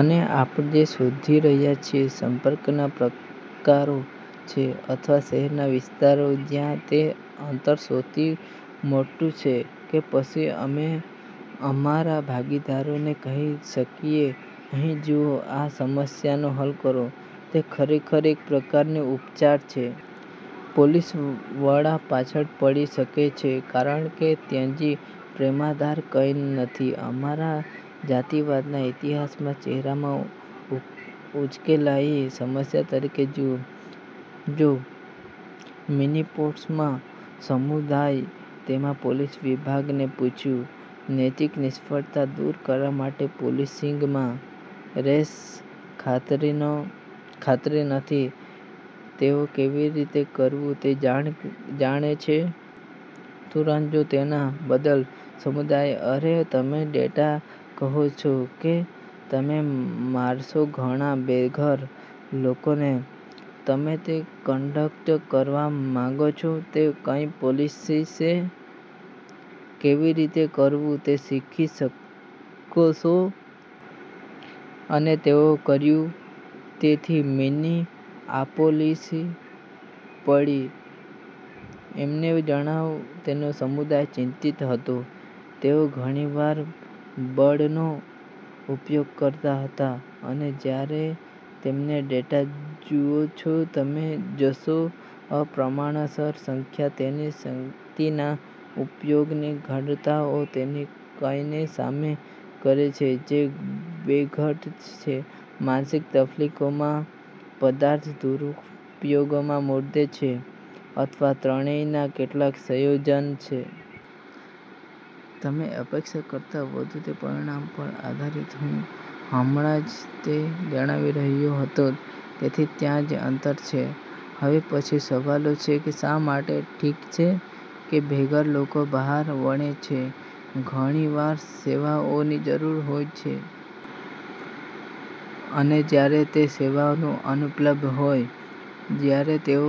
અને આપણે જે શોધી રહ્યા છીએ સંપર્કના પ્રકારો છે અથવા શહેરના વિસ્તારો જ્યાં તે અંતર સૌથી મોટું છે કે પછી અમે અમારા ભાગીદારોને કહી શકીએ "અહીં જુઓ. આ સમસ્યા હલ કરો". તે ખરેખર એક પ્રકારની ઉપચાર છે. પોલીસ વડા પાછળ પડી શકે છે કારણ કે ત્યાં પ્રેરણાદાયક કંઈ નથી અમારા જાતિવાદના ઇતિહાસના ચહેરામાં ઉકેલાયેલી સમસ્યા તરીકે. જુઓ, જો મિનીપોલિસમાં સમુદાય તેમના પોલીસ વિભાગને પૂછ્યું નૈતિક નિષ્ફળતા દૂર કરવા માટે પોલીસિંગમાં રેસ, ખાતરી નથી તેઓ કેવી રીતે કરવું તે જાણે છે. પરંતુ જો તેના બદલે સમુદાય કહે, "અરે, તમે ડેટા કહો છો કે તમે મારશો ઘણા બેઘર લોકોને, તમે તે કઠણ કરવા માંગો છો"? તે કંઈક પોલીસ છે. કેવી રીતે કરવું તે શીખી શકો છો. અને તેઓએ કર્યું. તેથી, મિનીઆપોલિસ પીડી અમને જણાવો તેમનો સમુદાય ચિંતિત હતો તેઓ ઘણી વાર બળનો ઉપયોગ કરતા હતા. અને જ્યારે તમે તે ડેટા જુઓ છો, તમે જોશો કે અપ્રમાણસર સંખ્યા તેમની શક્તિના ઉપયોગની ઘટનાઓ તેઓ કોઈકને સામેલ કરે છે જે બેઘર છે, માનસિક તકલીફમાં, પદાર્થ દુરૂપયોગ મુદ્દો છે અથવા ત્રણેયના કેટલાક સંયોજન. તમે અપેક્ષા કરતાં વધુ તે પરિબળો પર આધારિત હું હમણાં જ તે જણાવી રહ્યો હતો. તેથી ત્યાં અંતર છે. હવે પછીનો સવાલ છે "શા માટે"? ઠીક છે, તે બેઘર લોકો બહાર વળે છે ઘણીવાર સેવાઓની જરૂર હોય છે. અને જ્યારે તે સેવાઓ અનુપલબ્ધ હોય, જ્યારે તેઓ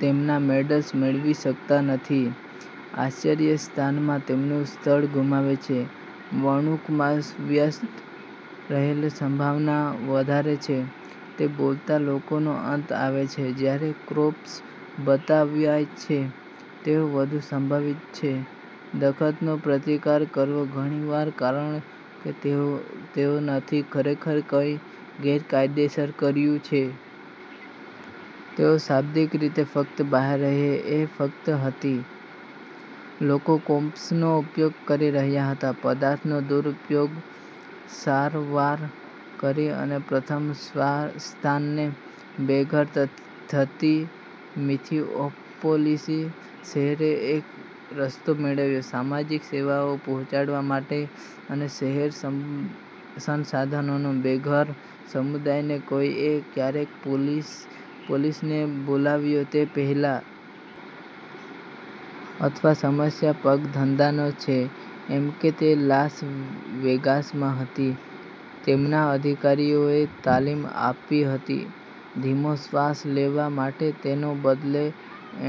તેમના મેડ્સ મેળવી શકતા નથી, આશ્રયસ્થાનમાં તેમનું સ્થળ ગુમાવે છે. વર્તણૂંકમાં વ્યસ્ત રહેવાની સંભાવના વધારે છે તે બોલાવતા લોકોનો અંત આવે છે. જ્યારે ક્રોપસ બતાવાય છે તેઓ વધુ સંભવિત છે દખલનો પ્રતિકાર કરવો ઘણી વાર કારણ કે તેઓ નથી ખરેખર કંઈક ગેરકાયદેસર કર્યું છે. તેઓ શાબ્દિક રીતે ફક્ત બહાર રહે છે. એ હકીકત હતી લોકો કોપ્સનો ઉપયોગ કરી રહ્યા હતા પદાર્થના દુરૂપયોગની સારવાર કરવી અને પ્રથમ સ્થાને બેઘર. તેથી મિનીઆપોલિસ શહેરને એક રસ્તો મળ્યો સામાજિક સેવાઓ પહોંચાડવા માટે અને શહેર સંસાધનો બેઘર સમુદાયને કોઈએ ક્યારેય પોલીસને બોલાવ્યા તે પહેલાં. અથવા સમસ્યા પગના ધંધાનો છે જેમ કે તે લાસ વેગાસમાં હતું. તેમના અધિકારીઓને તાલીમ આપવાની હતી ધીમો શ્વાસ લેવા માટે. તેના બદલે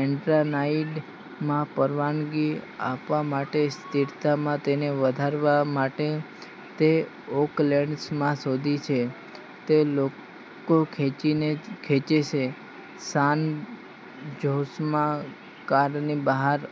એડ્રેનાલાઇનમાં પરવાનગી આપવા માટે તે સ્થિતિમાં તેને વધારવા માટે. તે ઓકલેન્ડમાં શોધે છે. તે લોકો ખેંચીને છે સાન જોસમાં કારની બહાર.